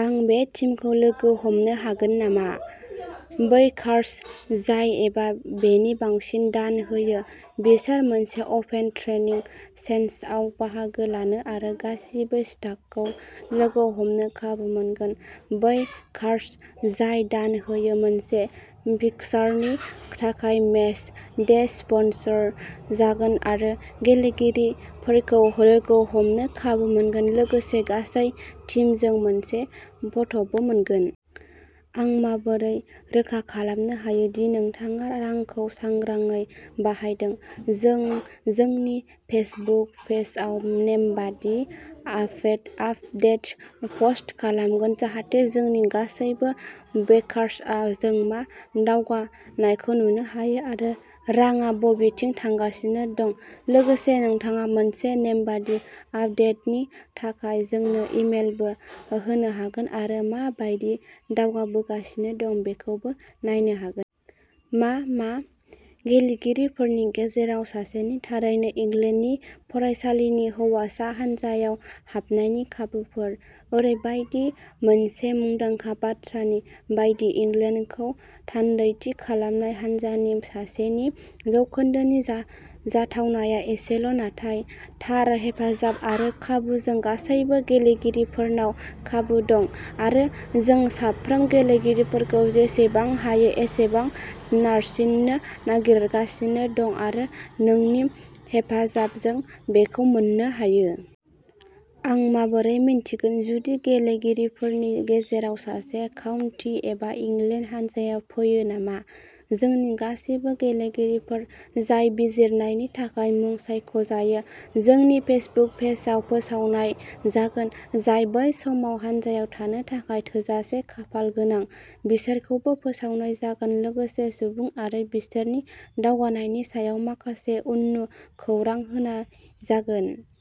आं बे टीमखौ लोगो हमनो हागोन नामा? -बैकार्स जाय एबा बेनि बांसिन दान होयो, बिसोर मोनसे अपेन ट्रेनिं सेसनआव बाहागो लानो आरो गासिबो स्काडखौ लोगो हमनो खाबु मोनगोन, बैकार्स जाय दान होयो, मोनसे फिक्सारनि थाखाय मेच डे स्पन्सर जागोन आरो गेलेगिरिफोरखौ लोगो हमनो खाबु मोनगोन लोगोसे गासै टीमजों मोनसे फट'बो मोनगोन। आं माबोरै रोखा खालामनो हायो दि नोंथाङा रांखौ सांग्राङै बाहायदों? -जों जोंनि फेसबुक पेजआव नेमबादि आपडेट पस्ट खालामगोन जाहाथे जोंनि गासैबो बेकार्सआ जों मा दावगानायखौ नुनो हायो आरो रांआ बबेथिं थांगासिनो दं, लोगोसे नोंथाङा मोनसे नेमबादि आपडेटनि थाखाय जोंनो इमेलबो होनो हागोन आरो मा बायदि दावगाबोगासिनो दं बेखौबो नायनो हागोन। मा मा? गेलेगिरिफोरनि गेजेराव सासेनि थारैनो इंलेन्डनि फरायसालिनि हौवासा हान्जायाव हाबनायनि खाबुफोर? -ओरैबायदि मोनसे मुंदांखा बाथ्रानि बायदि, इंलेन्डखौ थान्दैथि खालामनाय हानजानि सासेनि जौखोन्दोनि जाथावनाया एसेल ', नाथाय थार हेफाजाब आरो खाबुजों गासैबो गेलेगिरिफोरनाव खाबु दं, आरो जों साफ्रोम गेलेगिरिफोरखौ जेसेबां हायो एसेबां नारसिन्नो नागिरगासिनो दं आरो नोंनि हेफाजाबजों बेखौ मोन्नो हायो। आं माबोरै मिन्थिगोन जुदि गेलेगिरिफोरनि गेजेराव सासेया काउन्टी एबा इंलेन्ड हान्जायाव फैयो नामा? -जोंनि गासिबो गेलेगिरिफोर जाय बिजिरनायनि थाखाय मुं सायख'जायो, जोंनि फेसबुक पेजआव फोसावनाय जागोन, जाय बै समाव हान्जायाव थानो थाखाय थोजासे खाफालगोनां, बिसोरखौबो फोसावनाय जागोन लोगोसे सुबुं आरो बिसोरनि दावगानायनि सायाव माखासे उननु खौरां होनाय जागोन।